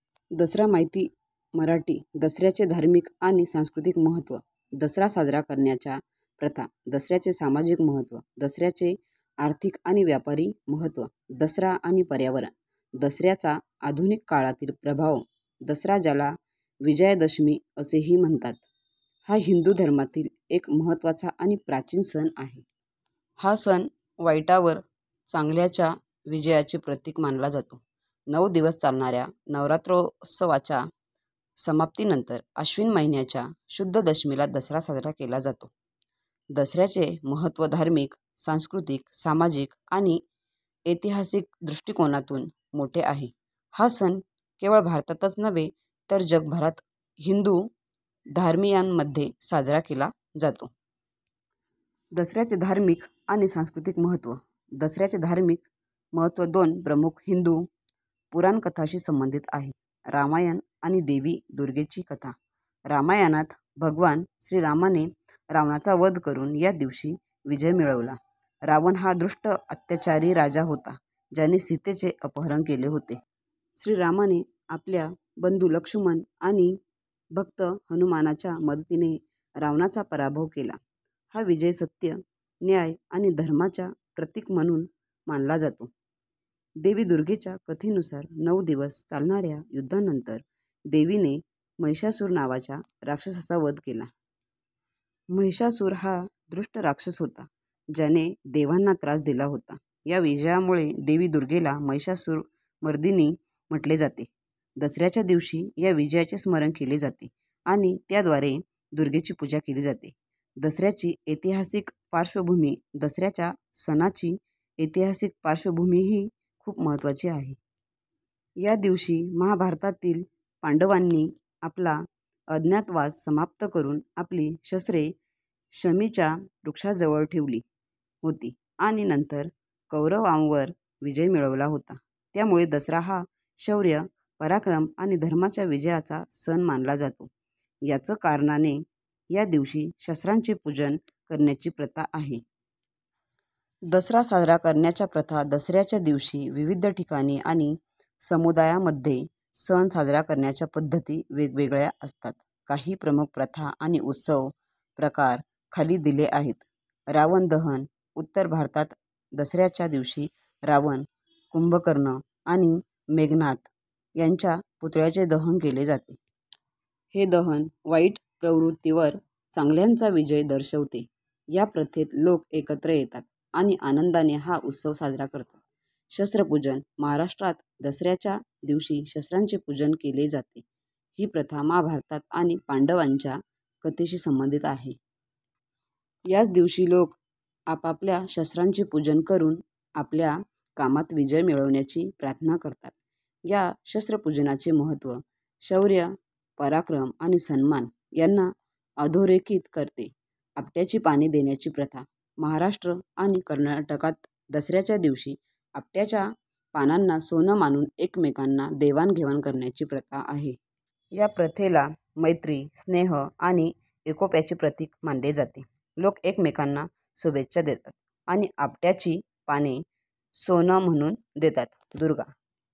दसरा माहिती मराठी दसऱ्याचे धार्मिक आणि सांस्कृतिक महत्त्व दसरा साजरा करण्याच्या प्रथा दसऱ्याचे सामाजिक महत्त्व दसऱ्याचे आर्थिक आणि व्यापारी महत्त्व दसरा आणि पर्यावरण दसऱ्याचा आधुनिक काळातील प्रभाव दसरा, ज्याला विजयादशमी असेही म्हणतात, हा हिंदू धर्मातील एक महत्त्वाचा आणि प्राचीन सण आहे. हा सण वाईटावर चांगल्याच्या विजयाचे प्रतीक मानला जातो. नऊ दिवस चालणाऱ्या नवरात्रोत्सवाच्या समाप्तीनंतर अश्विन महिन्याच्या शुद्ध दशमीला दसरा साजरा केला जातो. दसऱ्याचे महत्त्व धार्मिक, सांस्कृतिक, सामाजिक आणि ऐतिहासिक दृष्टिकोनातून मोठे आहे. हा सण केवळ भारतातच नव्हे, तर जगभरात हिंदू धर्मीयांमध्ये साजरा केला जातो. दसऱ्याचे धार्मिक आणि सांस्कृतिक महत्त्व, दसऱ्याचे धार्मिक महत्त्व दोन प्रमुख हिंदू पुराणकथांशी संबंधित आहे, रामायण आणि देवी दुर्गेची कथा. रामायणात भगवान श्रीरामाने रावणाचा वध करून या दिवशी विजय मिळवला. रावण हा दुष्ट, अत्याचारी राजा होता, ज्याने सीतेचे अपहरण केले होते. श्रीरामाने आपल्या बंधू लक्ष्मण आणि भक्त हनुमानाच्या मदतीने रावणाचा पराभव केला. हा विजय सत्य, न्याय आणि धर्माच्या प्रतीक म्हणून मानला जातो. देवी दुर्गेच्या कथेनुसार, नऊ दिवस चालणाऱ्या युद्धानंतर देवीने महिषासुर नावाच्या राक्षसाचा वध केला. महिषासुर हा दुष्ट राक्षस होता, ज्याने देवांना त्रास दिला होता. या विजयामुळे देवी दुर्गेला महिषासुरमर्दिनी म्हटले जाते. दसऱ्याच्या दिवशी या विजयाचे स्मरण केले जाते आणि त्याद्वारे दुर्गेची पूजा केली जाते. दसऱ्याची ऐतिहासिक पार्श्वभूमी, दसऱ्याच्या सणाची ऐतिहासिक पार्श्वभूमीही खूप महत्त्वाची आहे. या दिवशी महाभारतातील पांडवांनी आपला अज्ञातवास समाप्त करून आपली शस्त्रे शमीच्या वृक्षाजवळ ठेवली होती आणि नंतर कौरवांवर विजय मिळवला होता. त्यामुळे दसरा हा शौर्य, पराक्रम आणि धर्माच्या विजयाचा सण मानला जातो. याच कारणाने या दिवशी शस्त्रांचे पूजन करण्याची प्रथा आहे. दसरा साजरा करण्याच्या प्रथा, दसऱ्याच्या दिवशी विविध ठिकाणी आणि समुदायांमध्ये सण साजरा करण्याच्या पद्धती वेगवेगळ्या असतात. काही प्रमुख प्रथा आणि उत्सव प्रकार खाली दिले आहेत. रावण दहन, उत्तर भारतात दसऱ्याच्या दिवशी रावण, कुंभकर्ण आणि मेघनाद यांच्या पुतळ्यांचे दहन केले जाते. हे दहन वाईट प्रवृत्तींवर चांगल्याचा विजय दर्शवते. या प्रथेत लोक एकत्र येतात आणि आनंदाने हा उत्सव साजरा करतात. शस्त्र पूजन, महाराष्ट्रात दसऱ्याच्या दिवशी शस्त्रांचे पूजन केले जाते. ही प्रथा महाभारत आणि पांडवांच्या कथेशी संबंधित आहे. याच दिवशी लोक आपापल्या शस्त्रांचे पूजन करून आपल्या कामात विजय मिळवण्याची प्रार्थना करतात. या शस्त्रपूजनाचे महत्त्व शौर्य, पराक्रम आणि सन्मान यांना अधोरेखित करते. आपट्याची पाने देण्याची प्रथा, महाराष्ट्र आणि कर्नाटकात दसऱ्याच्या दिवशी आपट्याच्या पानांना सोनं मानून एकमेकांना देवाणघेवाण करण्याची प्रथा आहे. या प्रथेला मैत्री, स्नेह आणि एकोप्याचे प्रतीक मानले जाते. लोक एकमेकांना शुभेच्छा देतात आणि आपट्याची पाने सोनं म्हणून देतात. दुर्गा